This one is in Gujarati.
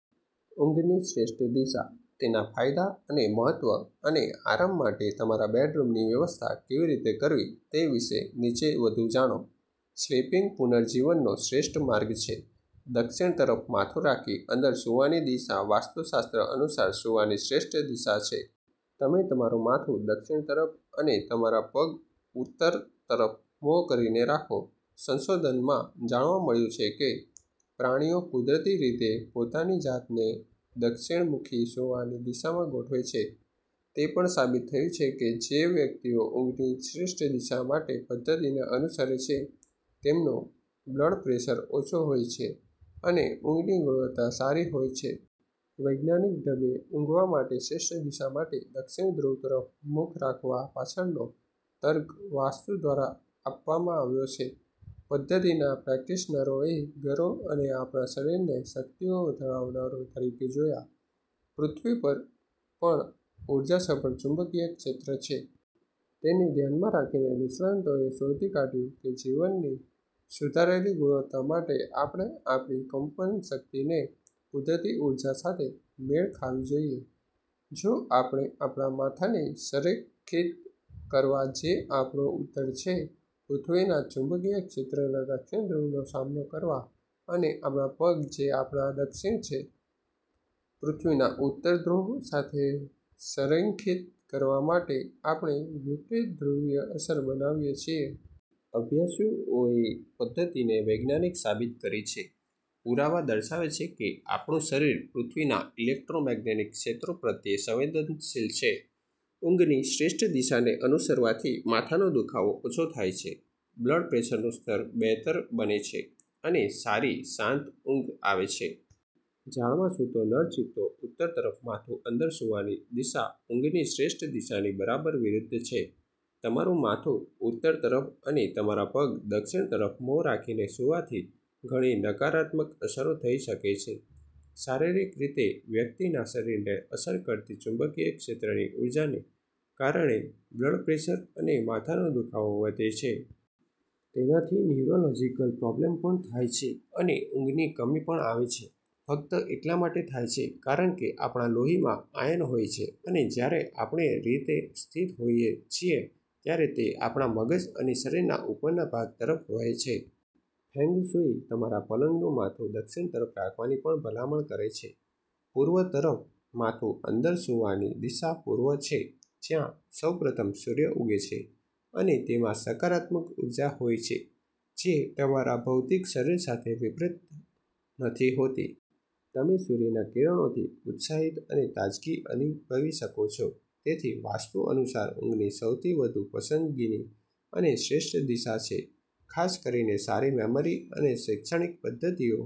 ઊંઘની શ્રેષ્ઠ દિશા, તેના ફાયદા અને મહત્વ અને આરામ માટે તમારા બેડરૂમની વ્યવસ્થા કેવી રીતે કરવી તે વિશે નીચે વધુ જાણો. સ્લીપિંગ પુનર્જીવનનો શ્રેષ્ઠ માર્ગ છે. દક્ષિણ તરફ માથું રાખી અંદર સૂવાની દિશા વાસ્તુશાસ્ત્ર અનુસાર સૂવાની શ્રેષ્ઠ દિશા છે. તમે તમારું માથું દક્ષિણ તરફ અને તમારા પગ ઉત્તર તરફ મોં કરીને રાખો. સંશોધનમાં જાણવા મળ્યું છે કે પ્રાણીઓ કુદરતી રીતે પોતાની જાતને દક્ષિણ-મુખી સૂવાની દિશામાં ગોઠવે છે. તે પણ સાબિત થયું છે કે જે વ્યક્તિઓ ઊંઘની શ્રેષ્ઠ દિશા માટેપદ્ધતિને અનુસરે છે તેમનું બ્લડ પ્રેશર ઓછું હોય છે અને ઊંઘની ગુણવત્તા સારી હોય છે. વૈજ્ઞાનિક ઢબે ઊંઘવા માટે શ્રેષ્ઠ દિશા માટે દક્ષિણ ધ્રુવ તરફ મુખ રાખવા પાછળનો તર્ક વાસ્તુ દ્વારા આપવામાં આવ્યો છે. પદ્ધતિના પ્રેક્ટિશનરોએ ઘરો અને આપણા શરીરને શક્તિઓ ધરાવનાર તરીકે જોયા. પૃથ્વી પર પણ ઊર્જાસભર ચુંબકીય ક્ષેત્ર છે. તેને ધ્યાનમાં રાખીને, નિષ્ણાતોએ શોધી કાઢ્યું કેજીવનની સુધારેલી ગુણવત્તા માટે, આપણે આપણી કંપન શક્તિને કુદરતી ઊર્જા સાથે મેળ ખાવી જોઈએ. જો આપણે આપણા માથાને સરખેત કરવા જે આપણું ઉત્તર છે, પૃથ્વીના ચુંબકીય ક્ષેત્રના દક્ષિણ ધ્રુવનો સામનો કરવા અને આપણા પગ જે આપણા દક્ષિણ છે, પૃથ્વીના ઉત્તર ધ્રુવ સાથે સંરેખિત કરવા માટે, આપણે વિપરીત ધ્રુવીય અસર બનાવીએ છીએ. અભ્યાસુઓએ પદ્ધતિને વૈજ્ઞાનિક સાબિત કરી છે. પુરાવા દર્શાવે છે કે આપણું શરીર પૃથ્વીના ઇલેક્ટ્રોમેગ્નેટિક ક્ષેત્રો પ્રત્યે સંવેદનશીલ છે. ઊંઘની શ્રેષ્ઠ દિશાને અનુસરવાથી માથાનો દુખાવો ઓછો થાય છે, બ્લડ પ્રેશરનું સ્તર બહેતર બને છે અને સારી શાંત ઊંઘ આવે છે. ઝાડમાં સૂતો નર ચિત્તો ઉત્તર તરફ માથુંઅંદર સૂવાની દિશાઊંઘની શ્રેષ્ઠ દિશાની બરાબર વિરુદ્ધ છે. તમારું માથું ઉત્તર તરફ અને તમારા પગ દક્ષિણ તરફ મોં રાખીને સૂવાથી ઘણી નકારાત્મક અસરો થઈ શકે છે. શારીરિક રીતે, વ્યક્તિના શરીરને અસર કરતી ચુંબકીય ક્ષેત્રની ઊર્જાને કારણે બ્લડ પ્રેશર અને માથાનો દુખાવો વધે છે. તેનાથી ન્યુરોલોજિકલ પ્રોબ્લેમ પણ થાય છે અને ઊંઘની કમી પણ આવે છે. ફક્ત એટલા માટે થાય છે કારણ કે આપણા લોહીમાં આયર્ન હોય છે અને જ્યારે આપણેરીતે સ્થિત હોઈએ છીએ ત્યારે તે આપણા મગજ અને શરીરના ઉપરના ભાગ તરફ વહે છે. ફેંગશુઈ તમારા પલંગનું માથું દક્ષિણ તરફ રાખવાની પણ ભલામણ કરે છે. પૂર્વ તરફ માથુંઅંદર સૂવાની દિશા પૂર્વછે જ્યાં સૌપ્રથમ સૂર્ય ઉગે છે અને તેમાં સકારાત્મક ઉર્જા હોય છે જે તમારા ભૌતિક શરીર સાથે વિપરીત નથી હોતી. તમે સૂર્યના કિરણોથી ઉત્સાહિત અને તાજગી અનુભવી શકો છો. તેથી, વાસ્તુ અનુસાર ઊંઘની સૌથી વધુ પસંદગીની અને શ્રેષ્ઠ દિશા છે. ખાસ કરીને સારી મેમરી અને શૈક્ષણિક પદ્ધતિઓ